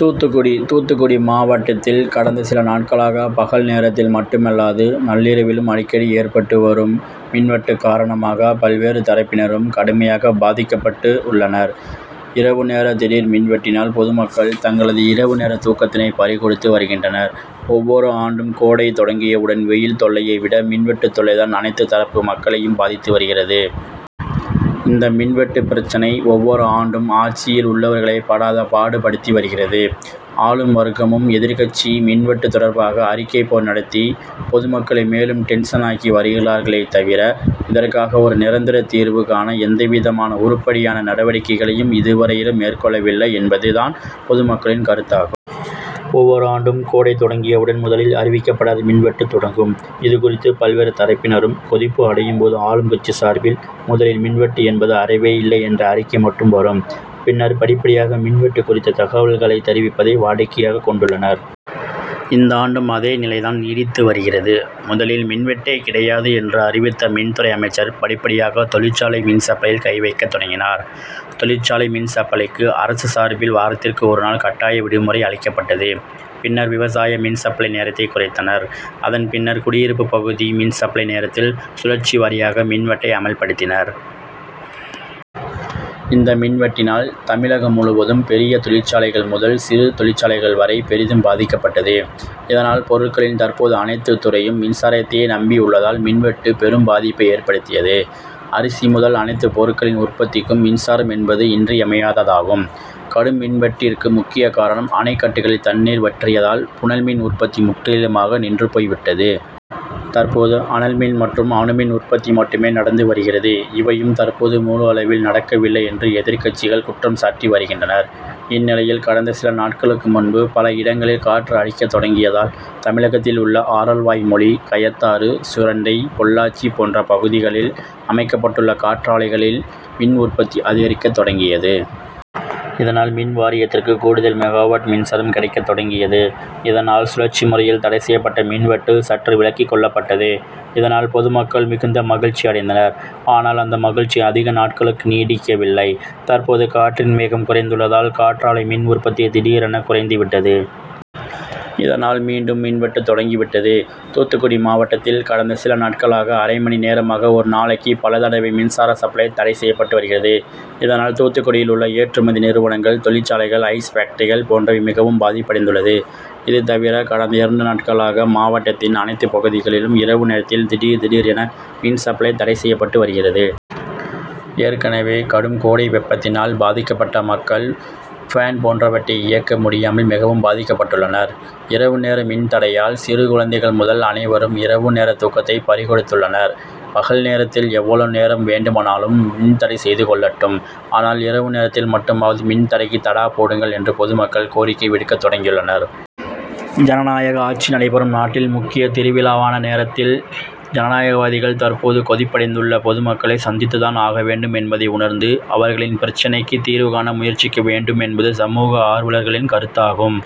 தூத்துக்குடி தூத்துக்குடி மாவட்டத்தில் கடந்த சில நாட்களாக பகல் நேரத்தில் மட்டுமல்லாது நள்ளிரவிலும் அடிக்கடி ஏற்பட்டு வரும் மின்வெட்டு காரணமாக பல்வேறு தரப்பினரும் கடுமையாக பாதிக்கப்பட்டு உள்ளனர். இரவு நேர திடீர் மின்வெட்டினால் பொதுமக்கள் தங்களது இரவு நேர தூக்கத்தினை பறிகொடுத்து வருகின்றனர். ஒவ்வொரு ஆண்டும் கோடை தொடங்கியுடன் வெயில் தொல்லையை விட மின்வெட்டு தொல்லைதான் அனைத்து தரப்பு மக்களையும் பாதித்து வருகிறது. இந்த மின்வெட்டு பிரச்னை ஒவ்வொரு ஆண்டும் ஆட்சியில் உள்ளவர்களை படாதபாடு படுத்தி வருகிறது. ஆளும் வர்க்கமும் எதிர்கட்சியும் மின்வெட்டு தொடர்பாக அறிக்கை போர் நடத்தி பொதுமக்களை மேலும் டென்சன் ஆக்கி வருகிறார்களே தவிர இதற்காக ஒரு நிரந்தர தீர்வு காண எந்தவிதமான உருப்படியான நடவடிக்கையையும் இதுவரையிலும் மேற்கொள்ளவில்லை என்பது தான் பொதுமக்களின் கருத்தாகும். ஒவ்வொரு ஆண்டும் கோடை தொடங்கியவுடன் முதலில் அறிவிக்கப்படாத மின்வெட்டு தொடங்கும். இது குறித்து பல்வேறு தரப்பினரும் கொதிப்பு அடையும் போது ஆளும்கட்சி சார்பில் முதலில் மின்வெட்டு என்பது அறவே இல்லை என்ற அறிக்கை மட்டும் வரும். பின்னர் படிப்படியாக மின்வெட்டு குறித்த தகவல்களை தெரிவிப்பதை வாடிக்கையாக கொண்டுள்ளனர். இந்தாண்டும் அதே நிலை தான் நீடித்து வருகிறது. முதலில் மின்வெட்டே கிடையாது என்று அறிவித்த மின்துறை அமைச்சர் படிப்படியாக தொழிற்சாலை மின்சப்ளையில் கைவைக்கத் தொடங்கினர். தொழிற்சாலை மின்சப்ளைக்கு அரசு சார்பில் வாரத்திற்கு ஒருநாள் கட்டாய விடுமுறை அளிக்கப்பட்டது. பின்னர் விவசாய மின்சப்ளை நேரத்தை குறைத்தனர். அதன்பின்னர் குடியிருப்பு பகுதி மின்சப்ளை நேரத்தில் சுழற்சிவாரியாக மின்வெட்டை அமல்படுத்தினர். இந்த மின்வெட்டினால் தமிழகம் முழுவதும் பெரிய தொழிற்சாலைகள் முதல் சிறுமுதலீட்டு தொழிற்சாலைகள் வரை பெரிதும் பாதிக்கப்பட்டது. இதனால் பொருட்களின் தற்போது அனைத்து துறையும் மின்சாரத்தையே நம்பி உள்ளதால் மின்வெட்டு பெரும்பாதிப்பை ஏற்படுத்தியது. அரிசி முதல் அனைத்து பொருட்களின் உற்பத்திக்கும் மின்சாரம் என்பது இன்றியமையாததாகும். கடும் மின்வெட்டிற்கு முக்கிய காரணம் அணைகட்டுகளில் தண்ணீர் வற்றியதால் புனல்மின் உற்பத்தி முற்றிலுமாக நின்றுபோய்விட்டது. தற்போது அனல்மின் மற்றும் அணுமின் உற்பத்தி மட்டுமே நடந்து வருகிறது. இவையும் தற்போது முழு அளவில் நடக்கவில்லை என்று எதிர்கட்சிகள் குற்றம் சாட்டி வருகின்றனர். இந்நிலையில் கடந்த சில நாட்களுக்கு முன்பு பல இடங்களில் காற்று அடிக்கத் தொடங்கியதால் தமிழகத்தில் உள்ள ஆரல்வாய்மொழி கயத்தாறு சுரண்டை பொள்ளாச்சி போன்ற பகுதிகளில் அமைக்கப்பட்டுள்ள காற்றாலைகளில் மின்உற்பத்தி அதிகரிக்க தொடங்கியது. இதனால் மின்வாரியத்திற்கு கூடுதல் மெகாவாட் மின்சாரம் கிடைக்கத் தொடங்கியது. இதனால் சுழற்சி முறையில் தடைசெய்யப்பட்ட மின்வெட்டு சற்று விலக்கி கொள்ளப்பட்டது. இதனால் பொதுமக்கள் மிகுந்த மகிழ்ச்சி அடைந்தனர். ஆனால் அந்த மகிழ்ச்சி அதிக நாட்களுக்கு நீடிக்கவில்லை. தற்போது காற்றின் வேகம் குறைந்துள்ளதால் காற்றாலை மின் உற்பத்தி திடீரென குறைந்துவிட்டது. இதனால் மீண்டும் மின்வெட்டு தொடங்கிவிட்டது. தூத்துக்குடி மாவட்டத்தில் கடந்த சில நாட்களாக அரைமணி நேரமாக ஒரு நாளைக்கு பலதடவை மின்சார சப்ளை தடை செய்யப்பட்டு வருகிறது. இதனால் தூத்துக்குடியில் உள்ள ஏற்றுமதி நிறுவனங்கள் தொழிற்சாலைகள் ஐஸ் பேக்டரிகள் போன்றவை மிகவும் பாதிப்படைந்துள்ளது. இதுதவிர கடந்த இரண்டு நாட்களாக மாவட்டத்தின் அனைத்து பகுதிகளிலும் இரவு நேரத்தில் திடீர் திடீர் என மின்சப்ளை தடை செய்யப்பட்டு வருகிறது. ஏற்கனவே கடும்கோடை வெப்பத்தினால் பாதிக்கப்பட்ட பொதுமக்கள் பேன் போன்றவற்றை இயக்க முடியாமல் மிகவும் பாதிக்கப்பட்டுள்ளனர். இரவு நேர மின்தடையால் சிறு குழந்தைகள் முதல் அனைவரும் இரவு நேர தூக்கத்தை பறிகொடுத்துள்ளனர். பகல் நேரத்தில் எவ்வளவு நேரம் வேண்டுமானாலும் மின்தடை செய்து கொள்ளட்டும் ஆனால் இரவு நேரத்தில் மட்டுமாவது மின்தடைக்கு தடா போடுங்கள் என்று பொதுமக்கள் கோரிக்கை விடுக்க தொடங்கியுள்ளனர். ஜனநாயக ஆட்சிநடைபெறும் நாட்டில் முக்கிய திருவிழாவான தேர்தல் நேரத்தில் ஜனநாயகவாதிகள் தற்போது கொதிப்படைந்துள்ள பொதுமக்களை சந்தித்துதான் ஆக வேண்டும் என்பதை உணர்ந்து அவர்களின் பிரச்னைக்கு தீர்வுகாண முயற்சிக்க வேண்டும் என்பது சமூக ஆர்வலர்களின் கருத்தாகும்.